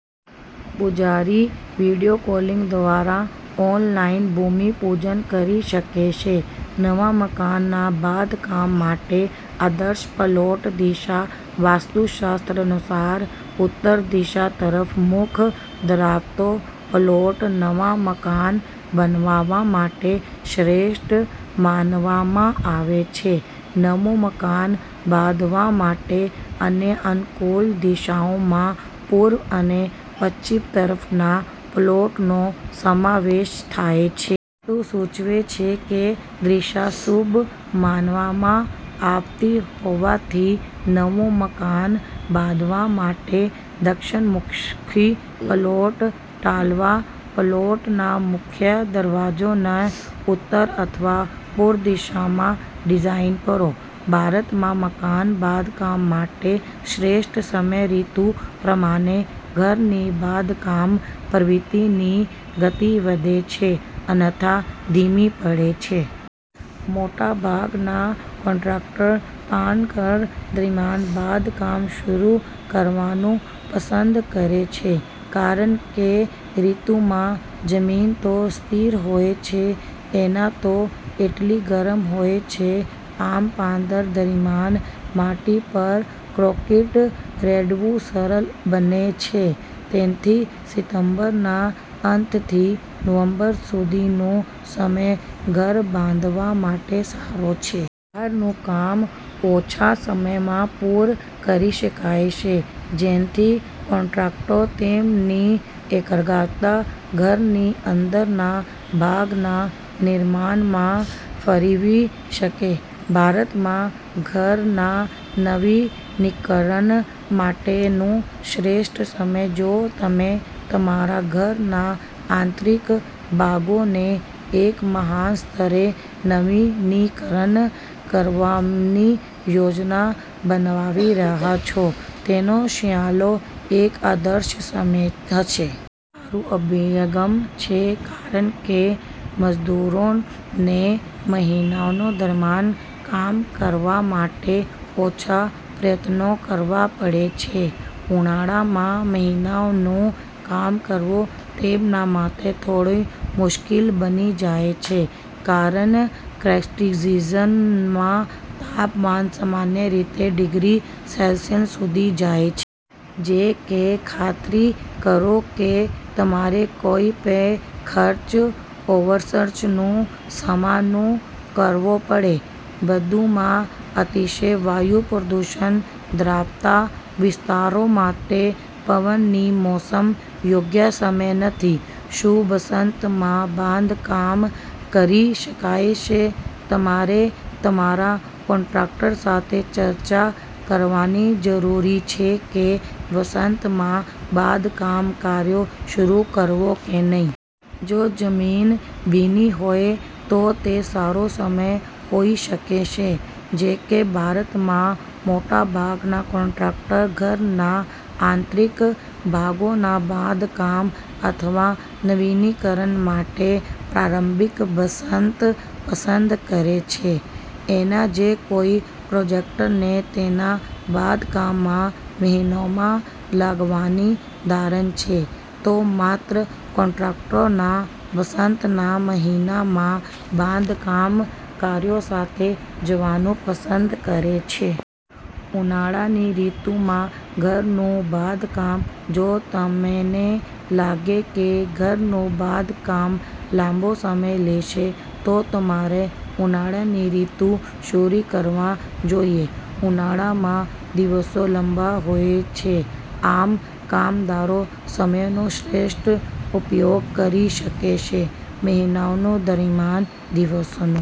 પૂજારી video calling દ્વારા online ભૂમિપૂજન કરી શકે છે. નવા મકાનના બાંધકામ માટે આદર્શ પલોટ દિશા વાસ્તુશાસ્ત્ર અનુસાર, ઉત્તર દિશા તરફ મુખ ધરાવતો પ્લોટ નવા મકાન બનાવવા માટે શ્રેષ્ઠ માનવામાં આવે છે. નવું મકાન બાંધવા માટે અન્ય અનુકૂળ દિશાઓમાં પૂર્વ અને પશ્ચિમ તરફના પ્લોટનો સમાવેશ થાય છે. વાસ્તુ સૂચવે છે કે દિશા શુભ માનવામાં આવતીહોવાથી નવું મકાન બાંધવા માટે દક્ષિણમુખી પ્લોટ ટાળવા. પ્લોટના મુખ્ય દરવાજાને ઉત્તર અથવા પૂર્વ દિશામાં ડિઝાઇન કરો. ભારતમાં મકાન બાંધકામ માટે શ્રેષ્ઠ સમય ઋતુ પ્રમાણે ઘરની બાંધકામ પ્રવૃત્તિની ગતિ વધે છે અનથા ધીમી પડે છે. મોટાભાગના કોન્ટ્રાક્ટરો પાનખર દરમિયાન બાંધકામ શરૂ કરવાનું પસંદ કરે છે કારણ કેઋતુમાં જમીનતો સ્થિર હોય છે એનતો એટલી ગરમ હોય છે. આમ, પાનખર દરમિયાન માટી પર કોંક્રિટ રેડવું સરળ બને છે. તેથી, સિટેમ્બર ના અંતથી નવેમ્બર સુધીનો સમય ઘર બાંધવા માટે સારો છે. બહારનું કામ ઓછા સમયમાં પૂરું કરી શકાય છે જેથી કોન્ટ્રાક્ટરો તેમની એકાગ્રતા ઘરની અંદરના ભાગના નિર્માણમાં ફેરવી શકે. ભારતમાં ઘરના નવીનીકરણ માટેનો શ્રેષ્ઠ સમય જો તમે તમારા ઘરના આંતરિક ભાગોને એક મહાન સ્તરે નવીનીકરણ કરવાની યોજના બનાવી રહ્યા છો, તેનો શિયાલો એક આદર્શ સમય હશે. એક વ્યવહારુ અભિગમ છે કારણ કે મજૂરોનેમહિનાઓ દરમિયાન કામ કરવા માટે ઓછા પ્રયત્નો કરવા પડે છે. ઉનાળાના મહિનાઓમાં કામ કરવું તેમના માટે થોડું મુશ્કેલ બની જાય છે કારણ કેસિઝનમાં તાપમાન સામાન્ય રીતે ડિગ્રી સેલ્સિયસ સુધી જાય છે. જો કે, ખાતરી કરો કે તમારે કોઈપણ ખર્ચ ઓવરરન્સનો સામનો કરવોપડે. વધુમાં, અતિશય વાયુ પ્રદૂષણ ધરાવતા વિસ્તારો માટે પવનની મોસમ યોગ્ય સમય નથી. શું વસંતમાં બાંધકામ કરી શકાય છે? તમારે તમારા કોન્ટ્રાક્ટર સાથે ચર્ચા કરવાની જરૂરી છે કે વસંતમાં બાંધકામ કાર્ય શરૂ કરવું કે નહીં. જો જમીન ભીનીહોય, તો તે સારો સમય હોઈ શકે છે. જો કે, ભારતમાં, મોટાભાગના કોન્ટ્રાક્ટરો ઘરના આંતરિક ભાગોના બાંધકામ અથવા નવીનીકરણ માટે પ્રારંભિક વસંત પસંદ કરે છે. અને જો કોઈ પ્રોજેક્ટને તેના બાંધકામમાં મહિનાઓ લાગવાની ધારણા છે, તો માત્ર કોન્ટ્રાક્ટરો વસંતના મહિનામાં બાંધકામ કાર્ય સાથે જવાનું પસંદ કરે છે. ઉનાળાની ઋતુમાં ઘરનું બાંધકામ જો તમને લાગે કે ઘરનું બાંધકામ લાંબો સમય લેશે, તો તમારે ઉનાળાની ઋતુમાં શરૂ કરવું જોઈએ. ઉનાળામાં દિવસો લાંબા હોય છેઆમ, કામદારો સમયનો શ્રેષ્ઠ ઉપયોગ કરી શકે છે. મહિનાઓ દરમિયાન દિવસનો